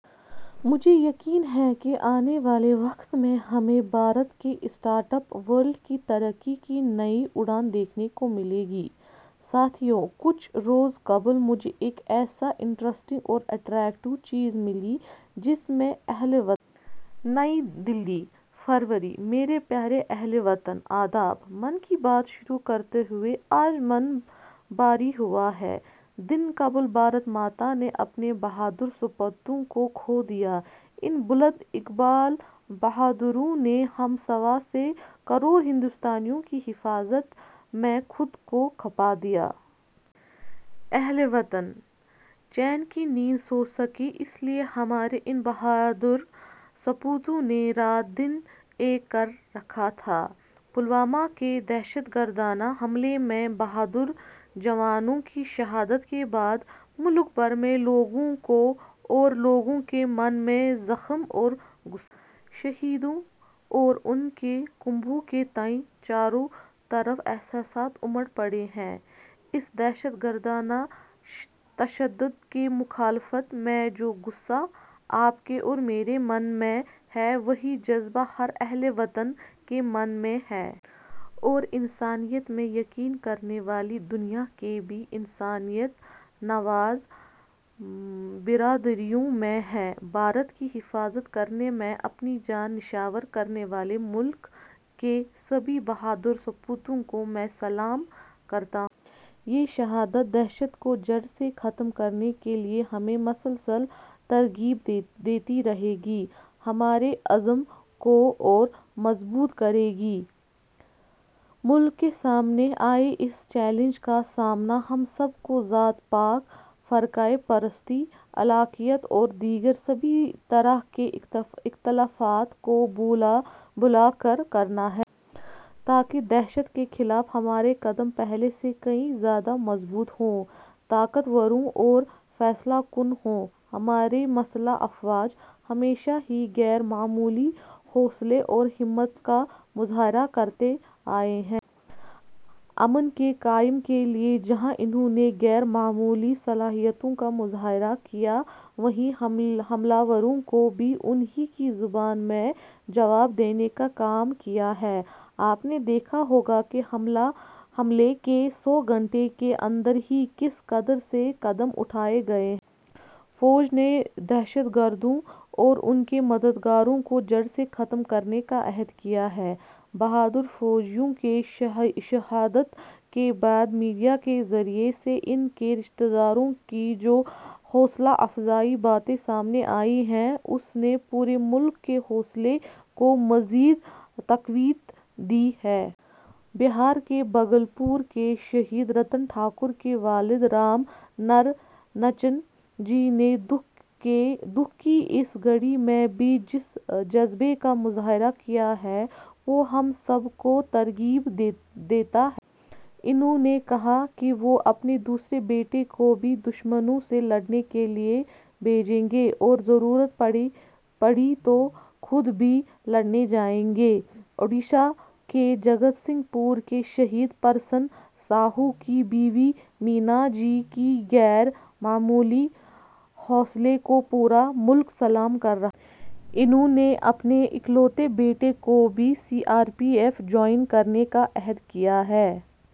مجھے یقین ہے کہ آنے والے وقت میں ہمیں بھارت کے اسٹارٹ اپ ورلڈ کی ترقی کی نئی اڑان دیکھنے کو ملے گی۔ ساتھیو، کچھ روز قبل مجھے ایک ایسی انٹریسٹنگ اور اٹریکٹیو چیز ملی، جس میں اہل وطن. نئی دہلی، فروری / میرے پیارے اہل وطن ، آداب! من کی بات شروع کرتے ہوئے آج من بھرا ہوا ہے۔ دن قبل بھارت ماتا نے اپنے بہادر سپوتوں کو کھو دیا۔ ان بلند اقبال بہادروں نے ہم سوا سو کروڑ ہندوستانیوں کی حفاظت میں خود کو کھپا دیا۔ اہل وطن چین کی نیند سو سکیں اس لئے ہمارے ان بہادروں سپوتوں نے رات دن ایک کر رکھا تھا۔ پلوامہ کے دہشت گردانہ حملے میں بہادر جوانوں کی شہادت کے بعد ملک بھر میں لوگوں کو اور لوگوں کے من میں زخم اور غصہ ہے۔ شہیدوں اور ان کے کنبوں کے تئیں چاروں طرف احساسات امڈ پڑے ہیں۔ اس دہشت گردانہ تشدد کی مخالفت میں جو غصہ آپ کے اور میرے من میں ہے وہی جذبہ ہر اہل وطن کے من میں ہے۔ اور انسانیت میں یقین کرنے والی دنیا کے بھی انسانیت نواز برادریوں میں ہے۔ بھارت کی حفاظت کرنے میں اپنے جان نچھاور کرنے والے ملک کے سبھی بہادر سپوتوں کو میں سلام کرتا ہوں۔ یہ شہادت دہشت کو جڑ سے ختم کرنے کے لئے ہمیں مسلسل ترغیب دیتی رہے گی، ہمارے عزم کو اور مضبوط کرے گی۔ ملک کے سامنے آئے اس چیلنج کا سامنا ہم سب کو ذات پات ، فرقہ پرستی ، علاقائیت اور دیگر سبھی طرح کے اختلافات کو بھولا کر کرنا ہے۔ تاکہ دہشت کے خلاف ہمارے قدم پہلے سے کہیں زیادہ مضبوط ہوں، طاقت ور ہوں اور فیصلہ کن ہوں۔ ہماری مسلح افواج ہمیشہ ہی غیر معمولی حوصلہ اور ہمت کا مظاہرہ کرتے آئے ہیں۔ امن کے قیام کے لئے جہاں انہوں نے غیر معمولی صلاحیتوں کا مظاہرہ کیا وہیں حملہ آوروں کو بھی ان ہی کی زبان میں جواب دینے کا کام کیا ہے۔ آپ نے دیکھا ہوگا کہ حملے کے سو گھنٹے کے اندر ہی کس قدر سے قدم اٹھائے گئے ہیں۔ فوج نے دہشت گردوں اور ان کے مددگاروں کو جڑ سے ختم کرنے کا عہد کیا ہے۔ بہادر فوجیوں کی شہادت کے بعد میڈیا کے ذریعے سے ان کے رشتے داروں کی جو حوصلہ افزا باتیں سامنے آئی ہیں اس نے پورے ملک کےحوصلے کو مزید تقویت دی ہے۔ بہار کے بھاگل پور کے شہید رتن ٹھاکر کے والد رام نرنجن جی نے دکھ کی اس گھڑی میں بھی جس جذبے کا مظاہرہ کیا ہے وہ ہم سب کو ترغیب دیتا ہے۔ انہوں نے کہا کہ وہ اپنے دوسرے بیٹے کو بھی دشمنوں سے لڑنے کے لئے بھیجیں گے اور ضرورت پڑی تو خود بھی لڑنے جائیں گے۔ اڈیشہ کے جگت سنگھ پور کے شہید پرسنہ ساہو کی بیوی مینا جی کے غیر معمولی حوصلے کو پورا ملک سلام کر رہا ہے۔ انہوں نے اپنے اکلوتے بیٹے کو بھی C R P F join کرانے کا عہد کیا ہے۔